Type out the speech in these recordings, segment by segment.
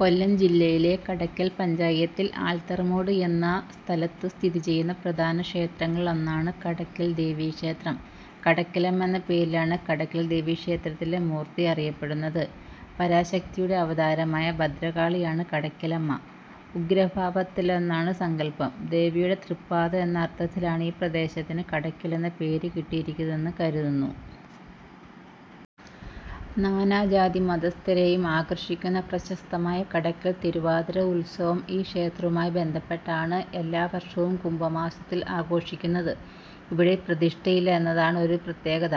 കൊല്ലം ജില്ലയിലെ കടക്കൽ പഞ്ചായത്തിൽ ആൽത്തറമൂട് എന്ന സ്ഥലത്തു സ്ഥിതിചെയ്യുന്ന പ്രധാന ക്ഷേത്രങ്ങളിലൊന്നാണ് കടയ്ക്കൽ ദേവി ക്ഷേത്രം. കടയ്ക്കലമ്മ എന്നപേരിലാണ് കടയ്ക്കൽ ദേവിക്ഷേത്രത്തിലെ മൂർത്തി അറിയപ്പെടുന്നത്. " പരാശക്തിയുടെ " അവതാരമായ " ഭദ്രകാളിയാണ് " കടയ്ക്കലമ്മ. ഉഗ്രഭാവത്തിലെന്നാണ് സങ്കൽപ്പം. ദേവിയുടെ തൃപ്പാദം എന്ന അർത്ഥത്തിലാണ് ഈ പ്രദേശത്തിന് കടയ്ക്കൽ എന്ന പേരു കിട്ടിയിരിക്കുന്നതെന്ന് കരുതുന്നു. നാനാജാതി മതസ്ഥരെയും ആകർഷിക്കുന്ന പ്രശസ്തമായ കടയ്ക്കൽ തിരുവാതിര ഉത്സവം ഈ ക്ഷേത്രവുമായി ബന്ധപ്പെട്ടാണ് എല്ലാ വർഷവും കുംഭമാസത്തിൽ ആഘോഷിക്കുന്നത്. ഇവിടെ പ്രതിഷ്ഠയില്ല എന്നതാണ് ഒരു പ്രത്യേകത.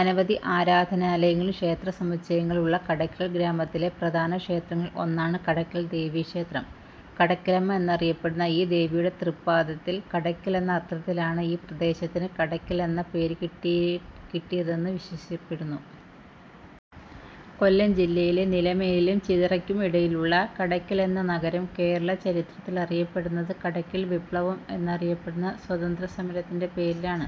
അനവധി ആരാധനാലയങ്ങളും ക്ഷേത്ര സമുച്ചയങ്ങളും ഉള്ള കടയ്ക്കൽ ഗ്രാമത്തിലെ പ്രധാന ക്ഷേത്രങ്ങളിൽ ഒന്നാണ് കടയ്ക്കൽ ദേവി ക്ഷേത്രം. കടയ്ക്കലമ്മ എന്നറിയപ്പെടുന്ന ഈ ദേവിയുടെ തൃപ്പാദത്തിൻ കടയ്ക്കൽ എന്ന അർത്ഥത്തിലാണ് ഈ പ്രദേശത്തിന് കടയ്ക്കൽ എന്ന പേരു കിട്ടി കിട്ടിയതെന്ന് വിശ്വസിക്കപ്പെടുന്നു. കൊല്ലം ജില്ലയിൽ നിലമേലിനും ചിതറയ്ക്കും ഇടയിലുള്ള കടയ്ക്കൽ എന്ന നഗരം കേരള ചരിത്രത്തിൽ അറിയപ്പെടുന്നത് കടയ്ക്കൽ വിപ്ലവം എന്നറിയപ്പെടുന്ന സ്വാതന്ത്ര്യസമരത്തിന്റെ പേരിലാണ്.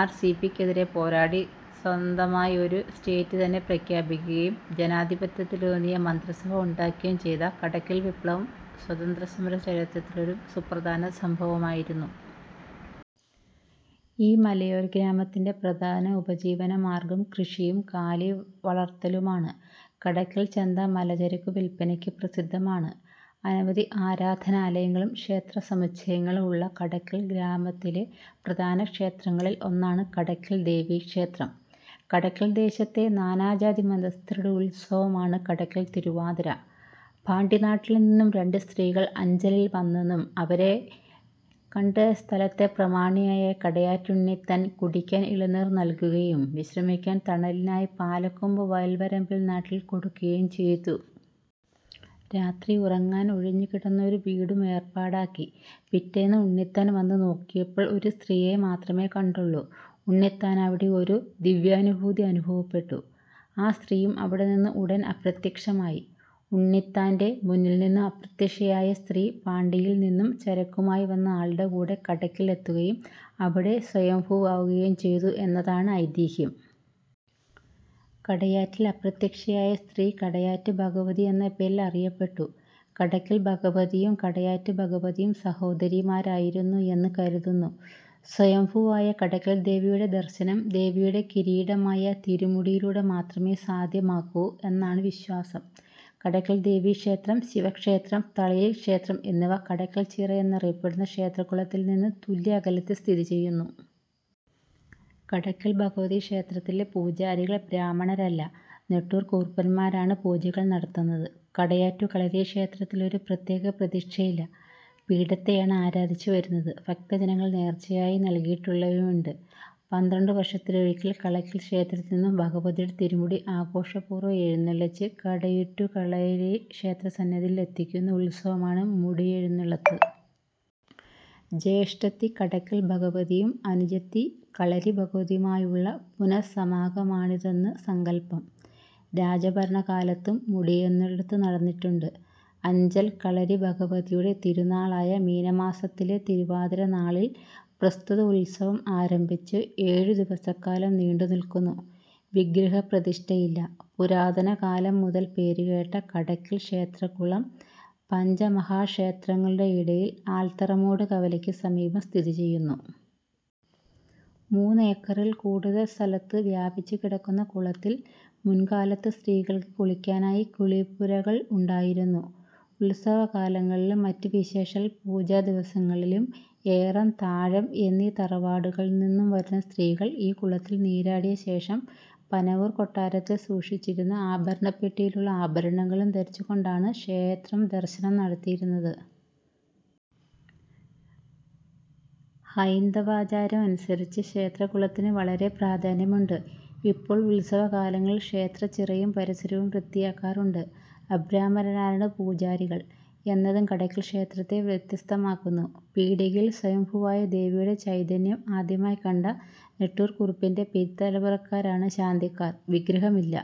Sir C. പി ക്കെതിരെ പോരാടി സ്വന്തമായി ഒരു സ്റ്റേറ്റ് തന്നെ പ്രഖ്യാപിക്കുകയും ജനാധിപത്യത്തിലൂന്നിയ മന്ത്രിസഭ ഉണ്ടാക്കുകയും ചെയ്ത കടയ്ക്കൽ വിപ്ലവം സ്വാതന്ത്ര്യ സമര ചരിത്രത്തിലെ ഒരു സുപ്രധാന സംഭവമായിരുന്നു. ഈ മലയോരഗ്രാമത്തിന്റെ പ്രധാന ഉപജീവന മാർഗ്ഗം കൃഷിയും കാലിവളർത്തലുമാണ്. കടയ്ക്കൽ ചന്ത മലഞ്ചരക്കു വിൽപ്പനയ്ക്ക് പ്രസിദ്ധമാണ്. അനവധി ആരാധനാലയങ്ങളും ക്ഷേത്ര സമുച്ചയങ്ങളും ഉള്ള കടയ്ക്കൽ ഗ്രാമത്തിലെ പ്രധാനക്ഷേത്രങ്ങളിൽ ഒന്നാണ് കടയ്ക്കൽ ദേവി ക്ഷേത്രം. കടയ്ക്കൽ ദേശത്തെ നാനാജാതി മതസ്ഥരുടെ ഉത്സവമാണ് കടയ്ക്കൽ തിരുവാതിര. പാണ്ടി നാട്ടിൽ നിന്നും രണ്ട് സ്ത്രീകൾ അഞ്ചലിൽ വന്നെന്നും അവരെ കണ്ട് സ്ഥലത്തെ പ്രമാണിയായ കടയാറ്റുണ്ണിത്താൻ കുടിയ്ക്കാൻ ഇളനീർ നൽകുകയും വിശ്രമിക്കാൻ തണലിനായി പാലകൊമ്പ് വയൽ വരമ്പിൽ നാട്ടി കൊടുക്കുകയും ചെയ്തു. രാത്രി ഉറങ്ങാൻ ഒഴിഞ്ഞ് കിടന്നൊരു വീടും ഏർപ്പാടാക്കി. പിറ്റേന്ന് ഉണ്ണിത്താൻ വന്ന് ന്നോക്കിയപ്പോൾ ഒരു സ്ത്രീയെ മാത്രമെ കണ്ടുള്ളൂ. ഉണ്ണിത്താന് അവിടെ ഒരു ദിവ്യാനുഭൂതി അനുഭവപ്പെട്ടു. ആ സ്ത്രീയും അവിടെ നിന്ന് ഉടൻ അപ്രത്യക്ഷമായി. ഉണ്ണിത്താന്റെ മൂന്നിൽ നിന്നും അപ്രത്യക്ഷയായ സ്ത്രീ പാണ്ടിയിൽ നിന്നും ചരക്കുമായി വന്ന ആളുടെ കൂടെ കടയ്ക്കൽ എത്തുകയും അവിടേ സ്വയംഭൂവാവുകയും ചെയ്തു എന്നതാണ് ഐതിഹ്യം. കടയാറ്റിൽ അപ്രത്യക്ഷയായ സ്ത്രീ കടയാറ്റ് ഭഗവതി എന്ന പേരിൽ അറിയപ്പെട്ടു. കടയ്ക്കൽ ഭഗവതിയും കടയാറ്റ് ഭഗവതിയും സഹോദരീമാരായിരുന്നു എന്ന് കരുതുന്നു. സ്വയംഫൂവായ കടയ്ക്കൽ ദേവിയുടെ ദർശനം ദേവിയുടെ കിരീടമായ തിരുമുടിയിലൂടെ മാത്രമേ സാദ്ധ്യമാകൂ എന്നാണ് വിശ്വാസം. കടയ്ക്കൽ ദേവിക്ഷേത്രം, ശിവക്ഷേത്രം, തളിയിൽ ക്ഷേത്രം എന്നിവ കടയ്ക്കൽ ചിറ എന്നറിയപ്പെടുന്ന ക്ഷേത്രകുളത്തിൽ നിന്നും തുല്യ അകലത്തിൽ സ്ഥിതി ചെയ്യുന്നു. കടയ്ക്കൽ ഭഗവതി ക്ഷേത്തിലെ പൂജാരികൾ ബ്രാഹ്മണരല്ല. നെട്ടൂർ കുറുപ്പന്മാരാണ് പൂജകൾ നടത്തുന്നത്. കടയാറ്റു കളരീക്ഷേത്രത്തിൽ ഒരു പ്രത്യേക പ്രതിഷ്ഠയില്ല. പീഠത്തെയാണ് ആരാദിച്ചു വരുന്നത്. ഭക്തജനങ്ങൾ നേർച്ചയായി നൽകിയിട്ടുള്ളവയുമുണ്ട്. പന്ത്രണ്ടു വർഷത്തിലൊരിക്കൽ കടയ്ക്കൽ ക്ഷേത്രത്തിൽ നിന്നും ഭഗവതിയുടെ തിരുമുടി ആഘോഷപൂർവ്വം എഴുന്നള്ളിച്ച് കടയുറ്റു കളരി ക്ഷേത്രസന്നിധിയിൽ എത്തിക്കുന്ന ഉത്സവമാണ് ' മുടിയെഴുന്നള്ളത്ത് '. ജ്യേഷ്ഠത്തി കടയ്ക്കൽ ഭഗവതിയും അനുജത്തി കളരി ഭഗവതിയുമായുള്ള പുനഃസമാഗമമാണിതെന്നാണ് സങ്കല്പം. രാജഭരണകാലത്തും മുടിയെഴുന്നള്ളത്ത് നടന്നിട്ടുണ്ട്. അഞ്ചൽ കളരി ഭഗവതിയുടെ തിരുനാളായ മീനമാസത്തിലെ തിരുവാതിര നാളിൽ പ്രസ്തുത ഉത്സവം ആരംഭിച്ച് ഏഴുദിവസക്കാലം നീണ്ടുനില്ക്കുന്നു. വിഗ്രഹ പ്രതിഷ്ഠയില്ല. പുരാതന കാലം മുതൽ പേരുകേട്ട കടക്കൽ ക്ഷേത്രക്കുളം പഞ്ചമഹാക്ഷേത്രങ്ങളുടെയിടയിൽ ആൽത്തറമൂട് കവലയ്ക്ക് സമീപം സ്ഥിതിചെയ്യുന്നു. മൂന്ന് ഏക്കറിൽ കൂടുതൽ സ്ഥലത്ത് വ്യാപിച്ച് കിടക്കുന്ന കുളത്തിൽ മുൻകാലത്ത് സ്ത്രീകൾക്ക് കുളിക്കാനായി കുളിപുരകൾ ഉണ്ടായിരുന്നു. ഉത്സവകാലങ്ങളിലും, മറ്റ് വിശോഷാൽ പൂജാ ദിവസങ്ങളിലും ഏറം, താഴം എന്നീ തറവാട്ടുകളിൽ നിന്നുംവരുന്ന സിത്രീകൾ ഈ കുളത്തിൽ നീരാടിയ ശേഷം പനവൂർ കൊട്ടാരത്തിൽ സൂക്ഷിച്ചിരുന്ന ആഭരണപ്പെട്ടിയിലുള്ള ആഭരണങ്ങളും ധരിച്ചു കൊണ്ടാണ് ക്ഷേത്ര ദർശനം നടത്തിരുന്നത്. ഹൈന്ദവാചാരം അനുസരിച്ച് ക്ഷേത്രക്കുളത്തിന് വളരെ പ്രാധാന്യമുണ്ട്. ഇപ്പോൾ ഉത്സവകാലങ്ങളിൽ ക്ഷേത്രച്ചിറയും പരിസരവും വൃത്തിയാക്കാറുണ്ട്. അബ്രഹ്മണരാണ് പൂജാരികൾ എന്നതും കടയ്ക്കൽ ക്ഷേത്രത്തെ വ്യതസ്തമാക്കുന്നു. പീടികയിൽ സ്വയം ഫൂവായ ദേവിയുടെ ചൈതന്യം ആദ്യമായി കണ്ട നെട്ടൂർ കുറുപ്പിന്റെ പിൻതലമുറക്കാരാണ് ശാന്തിക്കാർ. വിഗ്രഹമില്ല.